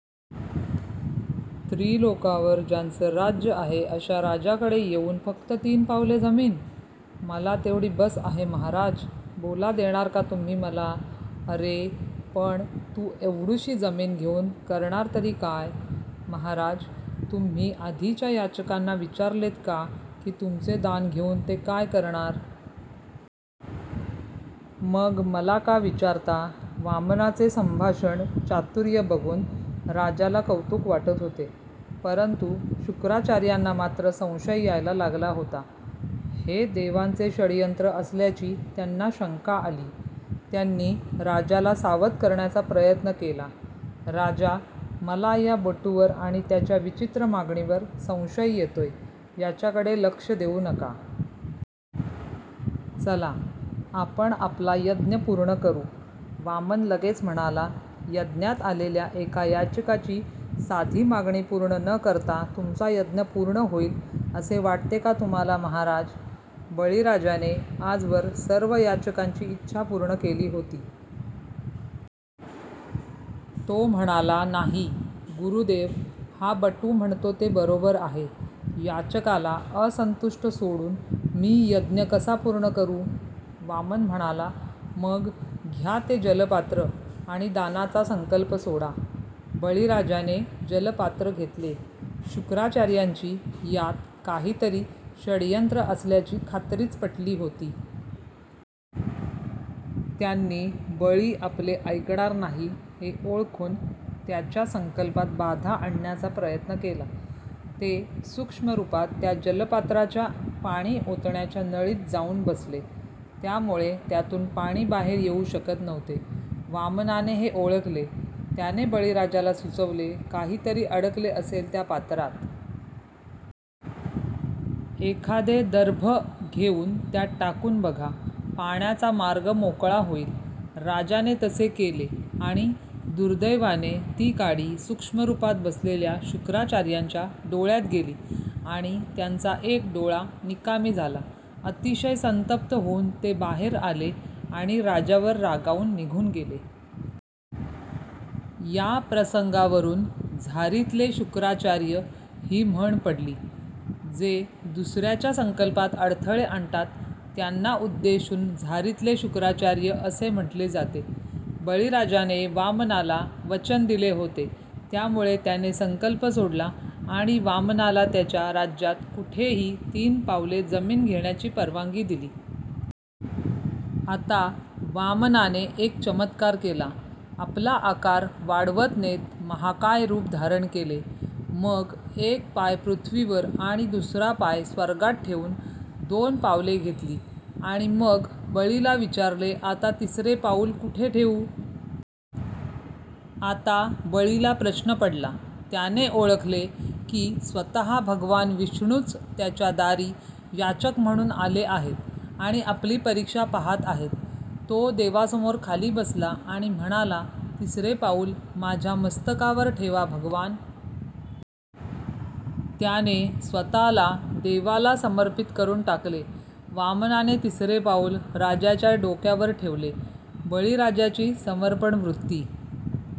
त्रिलोकावर ज्याचं राज्य आहे अशा राजाकडे येऊन फक्त तीन पावले जमीन? मला तेवढी बस आहे महाराज. बोला देणार का तुम्ही मला? अरे पण तू एवढुशी जमीन घेऊन करणार तरी काय? महाराज, तुम्ही आधीच्या याचकांना विचारलेत का कि तुमचे दान घेऊन ते काय करणार? मग मला का विचारता? वामनाचे संभाषण चातुर्य बघुन राजाला कौतुक वाटत होते. परंतु शुक्राचार्यांना मात्र संशय यायला लागला होता. हे देवांचे षडयंत्र असल्याची त्यांना शंका आली. त्यांनी राजाला सावध करण्याचा प्रयत्न केला. राजा, मला या बटूवर आणि त्याच्या विचित्र मागणीवर संशय येतोय, याच्याकडे लक्ष देऊ नका. चला आपण आपला यज्ञ पूर्ण करू. वामन लगेच म्हणाला यज्ञात आलेल्या एका याचकाची साधी मागणी पूर्ण न करता तुमचा यज्ञ पूर्ण होईल असे वाटते का तुम्हाला महाराज? बळीराजाने आजवर सर्व याचकांची इच्छा पूर्ण केली होती. तो म्हणाला नाही. गुरुदेव हा बटू म्हणतो ते बरोबर आहे, याचकाला असंतुष्ट सोडुन मी यज्ञ कसा पूर्ण करू? वामन म्हणाला "मग घ्या ते जलपात्र आणि दानाचा संकल्प सोडा. बळीराजाने जलपात्र घेतले. शुक्राचार्यांची यात काही तरी षडयंत्र असल्याची खात्रीच पटली होती. त्यांनी बळी आपले ऐकणार नाही हे ओळखुन त्याच्या संकल्पात बाधा आणण्याचा प्रयत्न केला. ते सूक्ष्मरूपात त्या जलपत्राच्या पाणी ओतण्याच्या नळीत जाऊन बसले. त्यामुळे त्यातुन पाणी बाहेर येऊ शकत नव्हते. वामनाने हे ओळखले. त्याने बळीराजाला सुचवले काही तरी अडकले असेल त्या पात्रात. एखादे दर्भ घेऊन त्यात टाकुन बघा, पाण्याचा मार्ग मोकळा होईल. राजाने तसे केले आणि दुर्दैवाने ती काडी सूक्ष्मरूपात बसलेल्या शुक्राचार्यांच्या डोळ्यात गेली आणि त्यांचा एक डोळा निकामी झाला. अतिशय संतप्त होऊन ते बाहेर आले आणि राजावर रागावून निघुन गेले. या प्रसंगावरून झारीतले शुक्राचार्य हि म्हण पडली. जे दुसऱ्याच्या संकल्पात अडथळे आणतात त्यांना उद्देशुन झारीतले शुक्राचार्य असे म्हटले जाते. बळीराजाने वामनाला वचन दिले होते त्यामुळे त्याने संकल्प सोडला आणि वामनाला त्याच्या राज्यात कुठेही तीन पावले जमीन घेण्याची परवानगी दिली. आता वामनाने एक चमत्कार केला. आपला आकार वाढवत नेत महाकाय रूप धारण केले. मग एक पाय पृथ्वीवर आणि दुसरा पाय स्वर्गात ठेवुन दोन पावले घेतली. आणि मग बळीला विचारले आता तिसरे पाऊल कुठे ठेवु? आता बळीला प्रश्न पडला. त्याने ओळखले कि स्वतः भगवान विष्णूच त्याच्या दारी याचक म्हणुन आले आहेत आणि आपली परीक्षा पाहत आहेत. तो देवासमोर खाली बसला आणि म्हणाला तिसरे पाऊल माझ्या मस्तकावर ठेवा भगवान. त्याने स्वतःला देवाला समर्पित करून टाकले. वामनाने तिसरे पाऊल राजाच्या डोक्यावर ठेवले. बळीराजाची समर्पण वृत्ती,